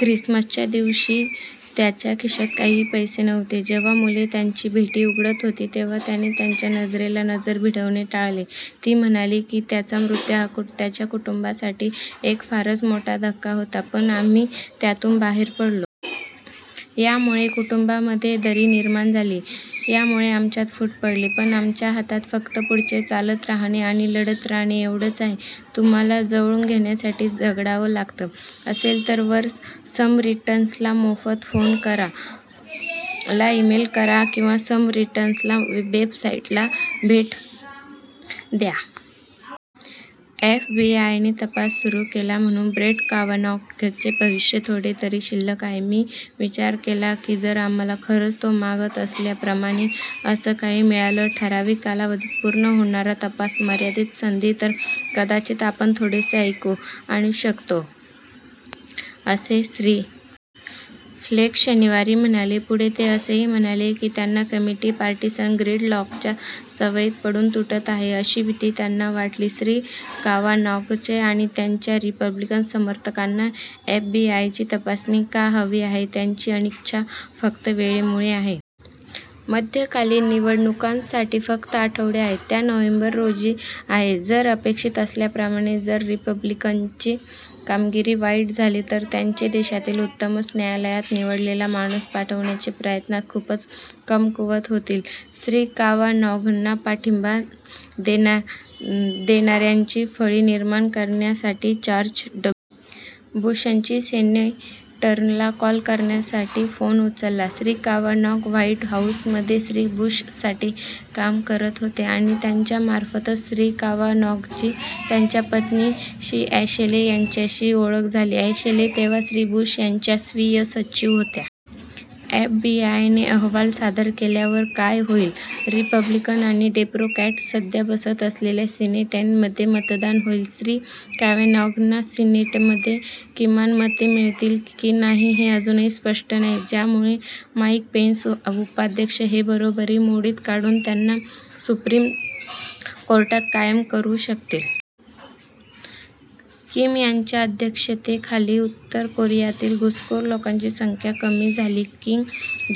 ख्रिसमसच्या दिवशी त्याचा खिशात काहीही पैसे नव्हते जेव्हा मुले त्यांच्या भेटी उघडत होती तेव्हा त्याने त्यांच्या नजरेला नजर भिडवणे टाळले. " ती म्हणाली की, त्याचा मृत्यू हा त्यांच्या कुटुंबासाठी एक फारच मोठा धक्का होता, पण आम्ही त्यातून बाहेर पडलो. "यामुळे कुटुंबामध्ये दरी निर्माण झाली. यामुळे आमच्यात फूट पडली. पण आमच्या हातात फक्त पुढे चालत राहणं आणि लढत राहणं एवढंच आहे. " तुम्हाला जुळवून घेण्यासाठी झगडावं लागत असेल तर वर समरिटन्सला मोफत फोन करा, ला इमेल करा किंवा समरिटन्सच्या वेबसाईटला भेट द्या. एफबीआयने तपास सुरू केला म्हणून ब्रेट कावानॉघचे भविष्य थोडेतरी शिल्लक आहे "मी विचार केला की, जर आम्हाला खरंच तो मागत असलेल्याप्रमाणे असं काही मिळालं ठराविक कालावधीत पूर्ण होणारा तपास, मर्यादित संधी तर कदाचित आपण थोडेसे ऐक्य आणू शकतो," असे श्री. फ्लेक शनिवारी म्हणाले, पुढे ते असेही म्हणाले की त्यांना कमिटी पार्टीसन ग्रीडलॉकच्या सवयीत पडून "तुटत" आहे अशी भीती त्यांना वाटली. श्री. कावानॉघचे आणि त्यांच्या रिपब्लिकन समर्थकांना एफबीआयची तपासणी का हवी आहे? त्यांची अनिच्छा फक्त वेळेमुळे आहे. मध्यकालीन निवडणुकांसाठी फक्त आठवडे आहेत, त्या नोव्हेंबर रोजी आहेत जर अपेक्षित असल्याप्रमाणे जर रिपब्लिकनची कामगिरी वाईट झाली, तर त्यांचे देशातील उच्चतम न्यायालयात निवडलेला माणूस पाठवण्याचे प्रयत्नात खूपच कमकुवत होतील. श्री. कावानॉघना पाठिंबा देणाऱ्यांची फळी निर्माण करण्यासाठी जॉर्ज डब्लू. बुशनी सेनेटरना कॉल करण्यासाठी फोन उचलला. श्री. कावानॉघ व्हाईट हाउसमध्ये श्री. बुशसाठी काम करत होते आणि त्यांच्यामार्फतच श्री. कावानॉघची त्यांच्या पत्नी अॅशले यांच्याशी ओळख झाली, अॅशले तेव्हा श्री. बुश यांच्या स्वीय सचिव होत्या. एफबीआयने अहवाल सादर केल्यावर काय होईल? रिपब्लिकन आणि डेमोक्रॅट सध्या बसत असलेल्या सीनेटमध्ये मतदान होईल. श्री कावानॉघना सीनेटमध्ये किमान मते मिळतील की नाही हे अजूनही स्पष्ट नाही, ज्यामुळे माईक पेन्स, उपाध्यक्ष हे बरोबरी मोडीत काढून त्यांना सुप्रीम कोर्टात कायम करू शकतील. किम यांच्या अध्यक्षतेखाली उत्तर कोरियातील घुसखोर लोकांची संख्या "कमी" झाली किम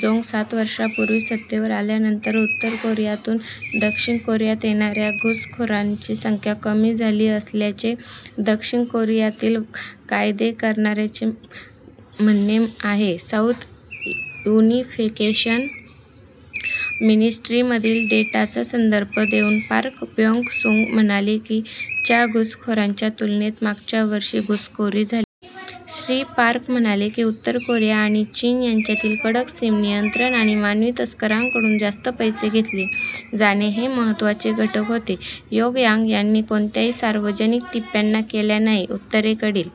जोंग सात वर्षापूर्वी सत्तेवर आल्यानंतर उत्तर कोरियातून दक्षिण कोरियात येणाऱ्या घुसखोरांची संख्या कमी झाली असल्याचे, दक्षिण कोरियातील कायदे करणाऱ्यांचे म्हणणे आहे. साउथ उनिफिकेशन मिनिस्ट्री मधील डेटाचा संदर्भ देऊन पार्क ब्योंग-सुंग म्हणाले की, च्या घुसखोरांच्या तुलनेत मागच्या वर्षी घुसखोरी झाली. श्री. पार्क म्हणाले की, उत्तर कोरिया आणि चीन यांच्यातील कडक सीम नियंत्रण आणि मानवी तस्करांकडून जास्त पैसे घेतले जाणे हे महत्त्वाचे घटक होते. प्योंगयांग यांनी कोणत्याही सार्वजनिक टिप्पण्या केल्या नाहीत. उत्तरेकडील